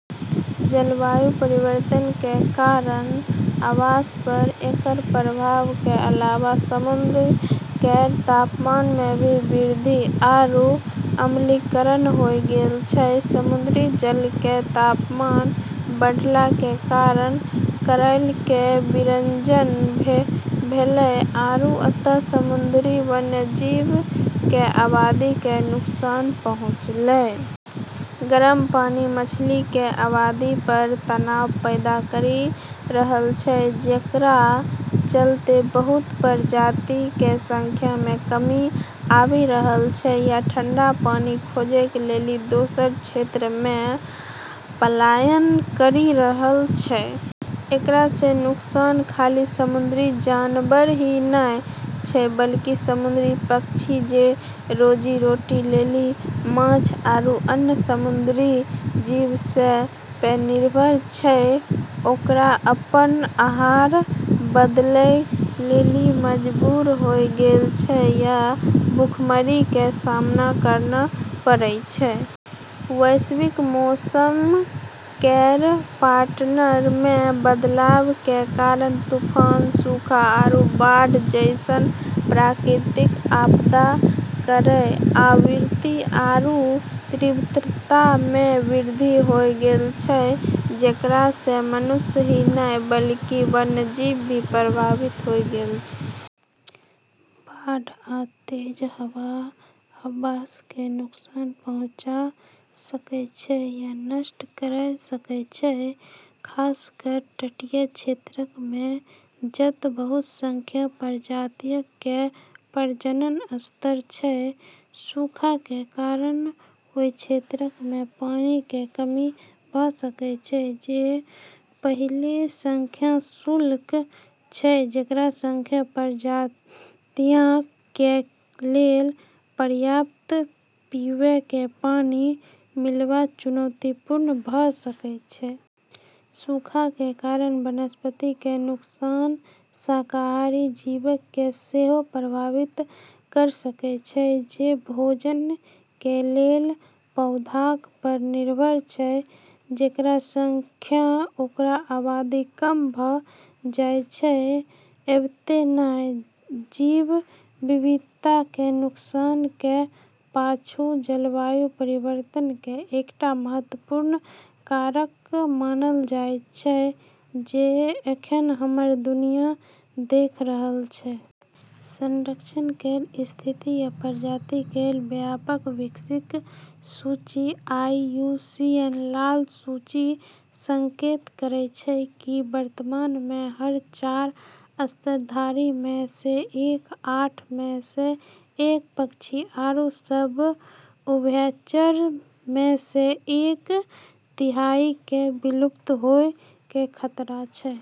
जलवायु परिवर्तन के कारण आवास पर एकरऽ प्रभाव के अलावा समुद्र केरऽ तापमान म॑ भी वृद्धि आरू अम्लीकरण होय गेलऽ छै। समुद्री जल के तापमान बढ़ला के कारण कोरल के विरंजन भेलै आरू अंततः समुद्री वन्यजीव के आबादी के नुकसान पहुँचलै। गर्म पानी मछली के आबादी पर तनाव पैदा करी रहलऽ छै, जेकरा चलतें बहुत प्रजाति के संख्या म॑ कमी आबी रहलऽ छै या ठंडा पानी खोजै लेली दोसरऽ क्षेत्रऽ म॑ पलायन करी रहलऽ छै। एकरऽ नुकसान खाली समुद्री जानवर ही नै छै, बल्कि समुद्री पक्षी जे रोजी-रोटी लेली माछ आरू अन्य समुद्री जीवऽ प॑ निर्भर छै, ओकरा अपनऽ आहार बदलै लेली मजबूर होय गेलऽ छै या भूखमरी के सामना करना पड़॑ छै। वैश्विक मौसम केरऽ पैटर्न म॑ बदलाव के कारण तूफान, सूखा, आरू बाढ़ जैसनऽ प्राकृतिक आपदा केरऽ आवृत्ति आरू तीव्रता म॑ भी वृद्धि होय गेलऽ छै, जेकरा स॑ मनुष्य ही नै बल्कि वन्यजीव भी प्रभावित होय गेलऽ छै। बाढ़ आ तेज हवा आवास कें नुकसान पहुंचा सकएय छै या नष्ट कयर सकएय छै, खासकर तटीय क्षेत्रक मे, जत बहुत सं प्रजातियक कें प्रजनन स्थल छै. सूखा कें कारण ओय क्षेत्रक मे पानी कें कमी भ सकय छै जे पइहले सं शुष्क छै, जेकरा सं प्रजातियक कें लेल पर्याप्त पीवय कें पानी मिलनाय चुनौतीपूर्ण भ सकय छै. सूखा कें कारण वनस्पति कें नुकसान शाकाहारी जीवक कें सेहो प्रभावित कयर सकय छै, जे भोजन कें लेल पौधाक पर निर्भर छै, जेकरा सं ओकर आबादी कम भ जायत छै. एतबे नै, जैव विविधता के नुकसान के पाछु जलवायु परिवर्तन के एकटा महत्वपूर्ण कारक मानल जाइत अछि जे एखन हमर दुनिया देख रहल अछि। संरक्षण केरऽ स्थिति या प्रजाति केरऽ व्यापक वैश्विक सूची आईयूसीएन लाल सूची संकेत करै छै कि, वर्तमान म॑ हर चार स्तनधारी म॑ स॑ एक, आठ म॑ स॑ एक पक्षी आरू सब उभयचरऽ म॑ स॑ एक तिहाई क॑ विलुप्त होय के खतरा छै।